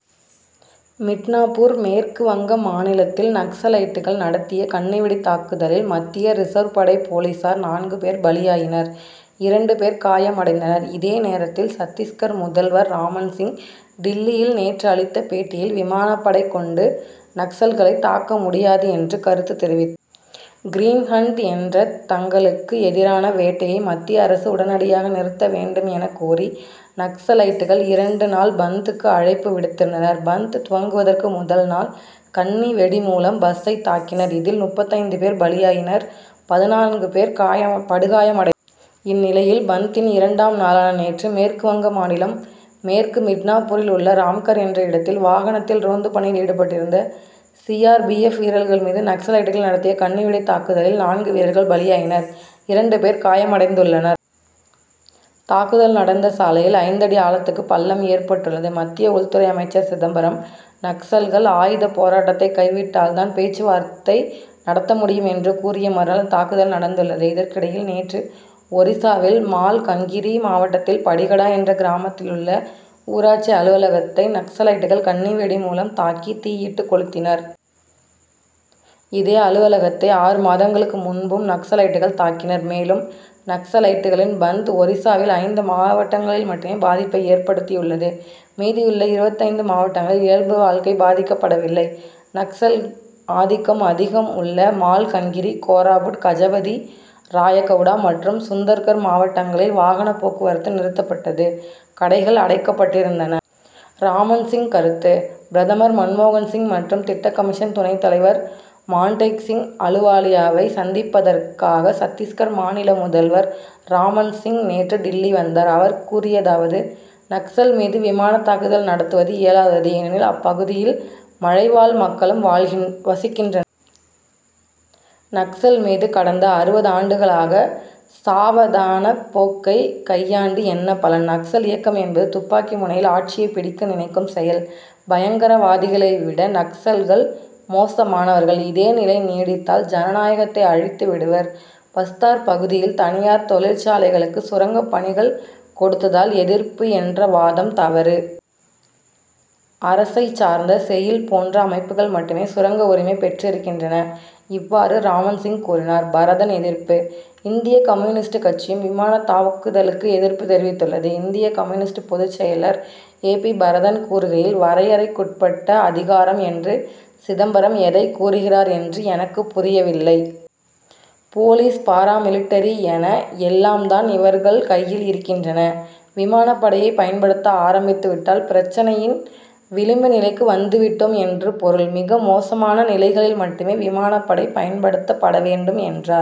மிட்னாப்பூர்: மேற்கு வங்க மாநிலத்தில் நக்சலைட்கள் நடத்திய கண்ணிவெடித் தாக்குதலில், மத்திய ரிசர்வ் படை போலீசார் நான்கு பேர் பலியாயினர்; இரண்டு பேர் காயமடைந்தனர். இதே நேரத்தில் சத்திஸ்கர் முதல்வர் ராமன் சிங், டில்லியில் நேற்று அளித்த பேட்டியில், "விமானப்படை கொண்டு நக்சல்களை தாக்க முடியாது' என்று கருத்து தெரிவித்தார். "கிரீன் ஹன்ட்' என்ற தங்களுக்கு எதிரான வேட்டையை மத்திய அரசு உடனடியாக நிறுத்த வேண்டும் எனக்கோரி, நக்சலைட்கள், இரண்டு நாள், "பந்த்'துக்கு அழைப்பு விடுத்திருந்தனர். "பந்த்' துவங்குவதற்கு முதல்நாள், கண்ணி வெடி மூலம் பஸ்சைத் தாக்கினர். இதில், முற்பத்து ஐந்து பேர் பலியாயினர்; பதிநான்கு பேர் படுகாயமடைந்தனர். இந்நிலையில், "பந்த்'தின் இரண் டாம் நாளான நேற்று, மேற்கு வங்க மாநிலம், மேற்கு மிட்னாப்பூரில் உள்ள ராம்கர் என்ற இடத்தில், வாகனத்தில் ரோந்துப் பணியில் ஈடுபட்டிருந்த சி. ஆர். பி. எப்., வீரர்கள் மீது நக்சலைட் கள் நடத்திய கண்ணிவெடித் தாக்குதலில், நான்கு வீரர்கள் பலியாயினர்; இரண்டு பேர் காயமடைந்துள்ளனர். தாக்குதல் நடந்த சாலையில், ஐந்தடி ஆழத்துக்குப் பள்ளம் ஏற்பட்டுள்ளது. மத்திய உள்துறை அமைச்சர் சிதம்பரம், நக்சல்கள் ஆயுதப் போராட் டத்தைக் கைவிட்டால் தான் பேச்சுவார்த்தை நடத்த முடியும் என்று கூறிய மறுநாள், இந்தத் தாக்குதல் நடந்துள் ளது. இதற்கிடையில், நேற்று ஒரிசாவில் மால்கங்கிரி மாவட்டத்தில் படிகடா என்ற கிராமத்திலுள்ள ஊராட்சி அலுவலகத்தை, நக்சலைட்கள் கண்ணி வெடி மூலம் தாக்கித் தீயிட்டுக் கொளுத்தினர். இதே அலுவலகத்தை ஆறு மாதங் களுக்கு முன்பும் நக்சலைட்கள் தாக்கினர். மேலும், நக்சலைட்களின், "பந்த்,' ஒரிசாவின் ஐந்து மாவட்டங்களில் மட்டும் பாதிப்பை ஏற்படுத்தியுள்ளது. மீதியுள்ள இருபத் ஐந்து மாவட்டங்களில், இயல்பு வாழ்க்கை பாதிக்கப்படவில்லை. நக்சல் ஆதிக்கம் அதிகம் உள்ள மால்கங்கிரி, கோராபுட், கஜபதி, ராயகவுடா மற்றும் சுந்தர்கர் மாவட்டங்களில் வாகனப் போக்குவரத்து நிறுத்தப் பட்டது; கடைகள் அடைக்கப்பட்டிருந்தன. ராமன் சிங் கருத்து: பிரதமர் மன் மோகன் சிங் மற்றும் திட்டக்கமிஷன் துணைத் தலைவர் மான்டேக் சிங் அலுவாலியாவை சந்திப்பதற்காக சத்திஸ்கர் மாநில முதல்வர் ராமன் சிங் நேற்று டில்லி வந்தார். அவர் கூறியதாவது: நக்சல் மீது விமானத் தாக்குதல் நடத்துவது இயலாதது. ஏனெனில், அப்பகுதியில் மலைவாழ் மக்களும் வசிக்கின்றனர். நக்சல் மீது கடந்த அறுபது ஆண்டுகளாக சாவதானப் போக்கை கையாண்டு என்ன பலன்? நக்சல் இயக்கம் என்பது துப்பாக்கி முனையில் ஆட்சியை பிடிக்க நினைக்கும் செயல். பயங்கரவாதிகளை விட நக்சல்கள் மோசமானவர்கள், இதே நிலை நீடித்தால், ஜனநாயகத்தை அழித்து விடுவர். பஸ்தார் பகுதியில் தனியார் தொழிற்சாலைகளுக்கு சுரங்கப் பணிகள் கொடுத்ததால் எதிர்ப்பு என்ற வாதம் தவறு. அரசைச் சார்ந்த, "செயில்' போன்ற அமைப்புகள் மட்டுமே சுரங்க உரிமை பெற்றிருக்கின்றன. இவ்வாறு ராமன் சிங் கூறினார். பரதன் எதிர்ப்பு: இந்திய கம்யூனிஸ்ட் கட்சியும் விமானத் தாக்குதலுக்கு எதிர்ப்பு தெரிவித்துள்ளது. இந்திய கம்யூனிஸ்ட் பொதுச் செயலர் ஏ. பி. பரதன் கூறுகையில், "வரையறைக்குட்பட்ட அதிகாரம் என்று சிதம்பரம் எதைக் கூறுகிறார் என்று எனக்குப் புரியவில்லை. போலீஸ், பாராமிலிட்டரி என எல்லாம் தான் இவர்கள் கையில் இருக்கின்றன. "விமானப் படையைப் பயன்படுத்த ஆரம்பித்துவிட்டால், பிரச்னையின் விளிம்பு நிலைக்கு வந்துவிட்டோம் என்று பொருள். மிகமோசமான நிலைகளில் மட்டுமே விமானப் படை பயன்படுத்தப்பட வேண்டும்' என்றார்.